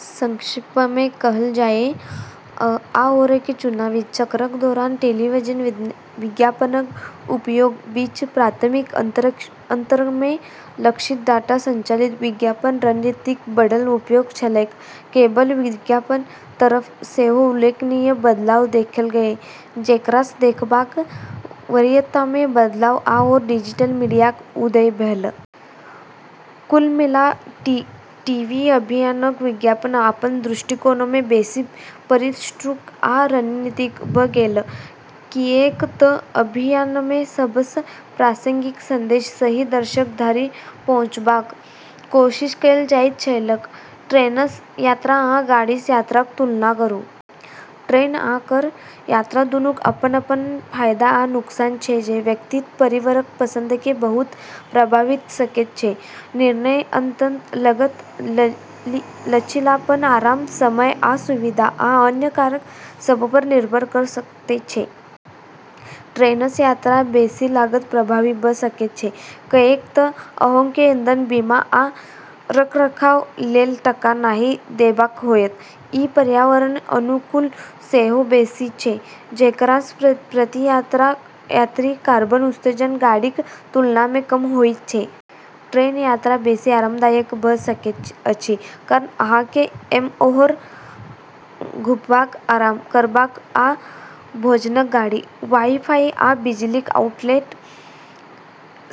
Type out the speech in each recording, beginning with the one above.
संक्षेपमे कहल जाय तऽ आओरके चुनावी चक्रक दौरान टेलीविजन विज्ञापनक उपयोगक बीच प्राथमिक अंतरमे लक्षित, डाटा संचालित विज्ञापन रणनीतिक बढ़ल उपयोग छलैक। केबल विज्ञापनक तरफ सेहो उल्लेखनीय बदलाव देखल गेलै, जेकरासँ देखबाक वरीयतामे बदलाव आओर डिजिटल मीडियाक उदय भेल। कुल मिला कऽ टीवी अभियानक विज्ञापन अपन दृष्टिकोणमे बेसी परिष्कृत आ रणनीतिक भऽ गेलै, किऐक तऽ अभियानमे सबसँ प्रासंगिक संदेश सही दर्शक धरि पहुँचबाक कोशिश कएल जाइत छलैक। ट्रेनसँ यात्रा आ गाड़ीसँ यात्राक तुलना करू। ट्रेन आ कार यात्रा दूनूक अपन-अपन फायदा आ नुकसान छै जे व्यक्तिक परिवहनक पसंदकेँ बहुत प्रभावित कऽ सकैत छै। निर्णय अंततः लागत, लचीलापन, आराम, समय आ सुविधा, आ अन्य कारक सभपर निर्भर कऽ सकैत छै। ट्रेनसँ यात्रा बेसी लागत प्रभावी भऽ सकैत छै, किऐक तऽ अहाँकेँ ईंधन, बीमा, आ रखरखाव लेल टका नहि देबाक होयत। ई पर्यावरणक अनुकूल सेहो बेसी छै, जेकरासँ प्रति यात्री कार्बन उत्सर्जन गाड़ीक तुलनामे कम होइत छै। ट्रेन यात्रा बेसी आरामदायक भऽ सकैत अछि, कारण, अहाँकेँ एम्हर-ओम्हर घुमबाक, आराम करबाक, आ भोजनक गाड़ी, वाई-फाई, आ बिजलीक आउटलेट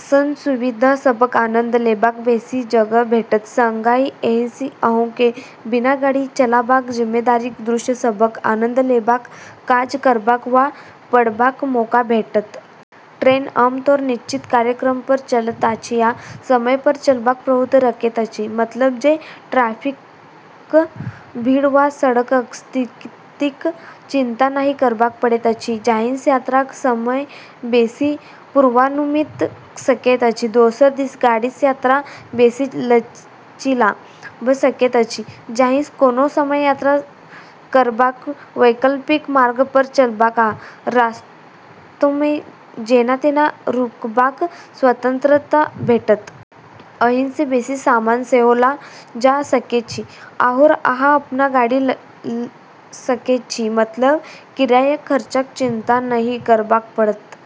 सन सुविधा सभक आनंद लेबाक बेसी जगह भेटत। संगहि एहिसँ अहाँकेँ बिना गाड़ी चलाबाक जिम्मेदारीक दृश्य सभक आनंद लेबाक, काज करबाक वा पढ़बाक मौका भेटत। ट्रेन आमतौरपर निश्चित कार्यक्रमपर चलैत अछि आ समयपर चलबाक प्रवृत्ति रखैत अछि, मतलब जे ट्रैफिकक भीड़ वा सड़कक स्थितिक चिंता नहि करबाक पड़ैत अछि, जाहिसँ यात्राक समय बेसी पूर्वानुमानित भऽ सकैत अछि। दोसर दिस, गाड़ीसँ यात्रा बेसी लचीला भऽ सकैत अछि, जाहिसँ कोनो समय यात्रा करबाक, वैकल्पिक मार्गपर चलबाक, आ रास्तामे जेना-तेना रुकबाक स्वतंत्रता भेटत। एहिसँ बेसी सामान सेहो लऽ जा सकै छी, आओर अहाँ अपन गाड़ी लऽ सकै छी, मतलब किरायाक खर्चाक चिंता नहि करबाक पड़त।